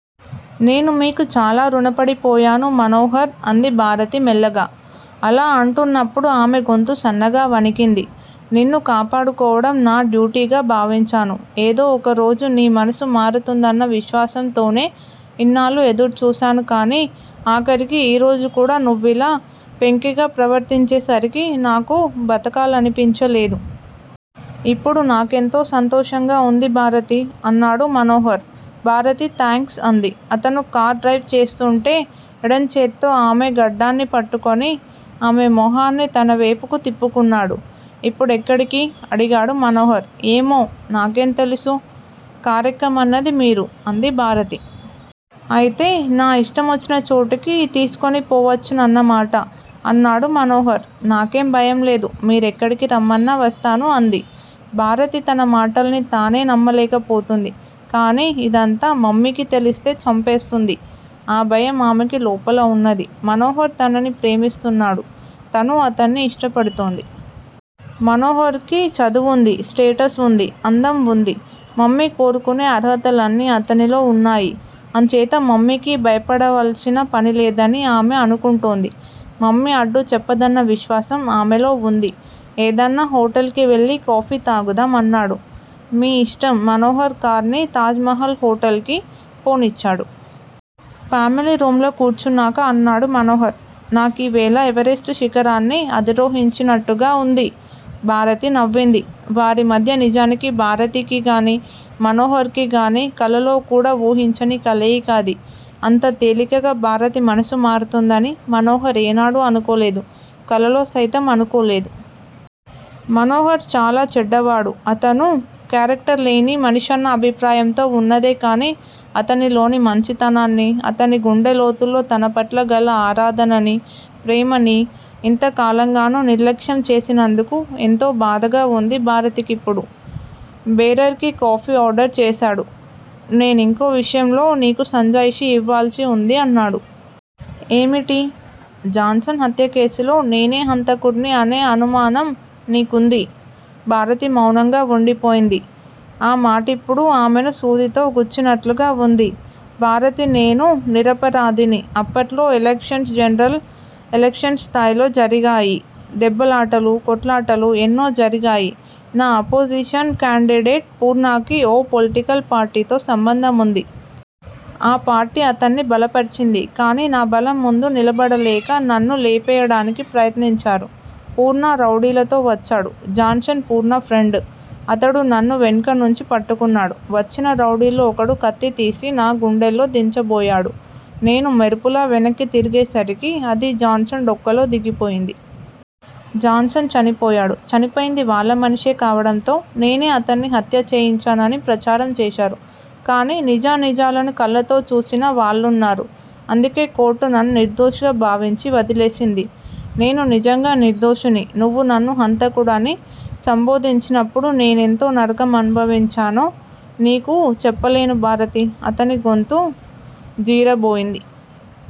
నేను మీకు చాలా రుణపడిపోయాను మనోహర్ అంది భారతి మెల్లగా. అలా అంటున్నప్పుడు ఆమె గొంతు సన్నగా వణికింది. నిన్ను కాపాడుకోవడం నా డ్యూటీగా భావించాను. ఏదో ఒకరోజు నీ మనసు మారుతుందన్న ఆత్మవిశ్వాసంతోనే ఇన్నాళ్ళూ ఎదురుచూశాను కానీ ఆఖరికి ఈరోజు కూడా నువ్విలా పెంకిగా ప్రవర్తించేసరికి నాకు బతకాలనిపించలేదు. ఇప్పుడు నాకెంతో సంతోషంగా ఉంది భారతీ! అన్నాడు మనోహర్. భారతి థాంక్స్ అంది. అతను కారు డ్రైవ్ చేస్తూంటే ఎడం చేత్తో ఆమె గెడ్డాన్ని పట్టుకుని ఆమె మొహాన్ని తనవేపుకు తిప్పుకున్నాడు. ఇప్పుడెక్కడికి! అడిగాడు మనోహర్. ఏమో! నాకేం తెలుసు! కారెక్కమన్నది మీరు! అంది భారతి. అయితే నా ఇష్టమొచ్చినచోటుకి తీసుకొనిపోవచ్చునన్నమాట? అన్నాడు మనోహర్. నాకేం భయంలేదు. మీరెక్కడికి రమ్మన్నా వస్తాను అంది. భారతి తన మాటలని తానే నమ్మలేకపోతోంది. కానీ ఇదంతా మమ్మీకి తెలిస్తే చంపేస్తుంది. ఆ భయం ఆమెకి లోపల ఉన్నది. మనోహర్ తనని ప్రేమిస్తున్నాడు. తనూ అతన్ని ఇష్టపడుతోంది. మనోహర్ కి చదువుంది. స్టేటస్ వుంది. అందం వుంది. మమ్మీ కోరుకునే అర్హతలన్నీ అతనిలో ఉన్నాయి. అంచేత మమ్మీకి భయపడవలసిన పనిలేదని ఆమె అనుకుంటోంది. మమ్మీ అడ్డు చెప్పదన్న విశ్వాసం ఆమెలో వుంది. ఏదన్నా హోటల్ కి వెళ్ళి కాఫీ తాగుదాం అన్నాడు. మీ ఇష్టం మనోహర్ కారుని తాజ్ మహల్ హోటల్ కి పోనిచ్చాడు. ఫామిలీ రూంలో కూర్చున్నాక అన్నాడు మనోహర్. నాకీవేళ ఎవరెస్టు శిఖరాన్ని అధిరోహించినట్టుగా వుంది భారతి నవ్వింది. వారిమధ్య నిజానికి భారతికిగానీ, మనోహర్ కిగానీ కలలో కూడా వూహించని కలయిక అది. అంత తేలికగా భారతి మనసు మారుతుందని మనోహర్ ఏనాడూ అనుకోలేదు. కలలో సైతం అనుకోలేదు. మనోహర్ చాలా చెడ్డవాడు. అతను కేరక్టర్ లేని మనిషన్న అభిప్రాయంతో వున్నదే కానీ అతనిలోని మంచితనాన్ని, అతని గుండెలోతుల్లో తనపట్ల గల ఆరాధననీ, ప్రేమనీ ఇంత కాలంగానూ నిర్లక్ష్యం చేసినందుకు ఎంతో బాధగా వుంది భారతికిప్పుడు. బేరర్ కి కాఫీ ఆర్డర్ చేశాడు. నేనింకో విషయంలో నీకు సంజాయిషీ ఇవ్వాల్సి వుంది అన్నాడు. ఏమిటీ! జాన్సన్ హత్యకేసులో నేనే హంతకుడ్ని అనే అనునానం నీకుంది భారతి మౌనంగా వుండిపోయింది. ఆ మాటిప్పుడు ఆమెని సూదితో గుచ్చినట్టుగా వుంది. భారతి నేను నిరపరాధిని. అప్పట్లో ఎలక్షన్స్ జనరల్ ఎలక్షన్స్ స్థాయిలో జరిగాయి. దెబ్బలాటలు, కొట్లాటలు ఎన్నో జరిగాయి. నా అపోజిషన్ కాండిడేట్ పూర్ణాకి ఓ పొలిటికల్ పార్టీతో సంబంధం ఉంది. ఆ పార్టీ అతన్ని బలపరిచింది. కానీ నా బలం ముందు నిలబడలేక నన్ను లేపేయడానికి ప్రయత్నించారు. పూర్ణ రౌడీలతో వచ్చాడు. Johnson Purna friend. అతను నన్ను వెనుకనుంచి పట్టుకున్నాడు. వచ్చిన రౌడీల్లో ఒకడు కత్తి తీసి నా గుండెల్లో దించబోయాడు. నేను మెరుపులా వెనక్కి తిరిగేసరికి అది జాన్సన్ డొక్కలో దిగిపోయింది. జాన్సన్ చనిపోయాడు. చనిపోయింది వాళ్ళ మనిషే కావడంతో నేనే అతన్ని హత్య చేయించానని ప్రచారం చేశారు. కానీ నిజానిజాలని కళ్ళతో చూసిన వాళ్ళున్నారు అందుకే కోర్టు నన్ను నిర్దోషిగా భావించి వదిలేసింది. నేను నిజంగా నిర్దోషిని. నువ్వు నన్ను హంతకుడని సంబోధించినప్పుడు నేనెంత నరకం అనుభవించానో నీకు చెప్పలేను భారతీ, అతని గొంతు జీరబోయింది.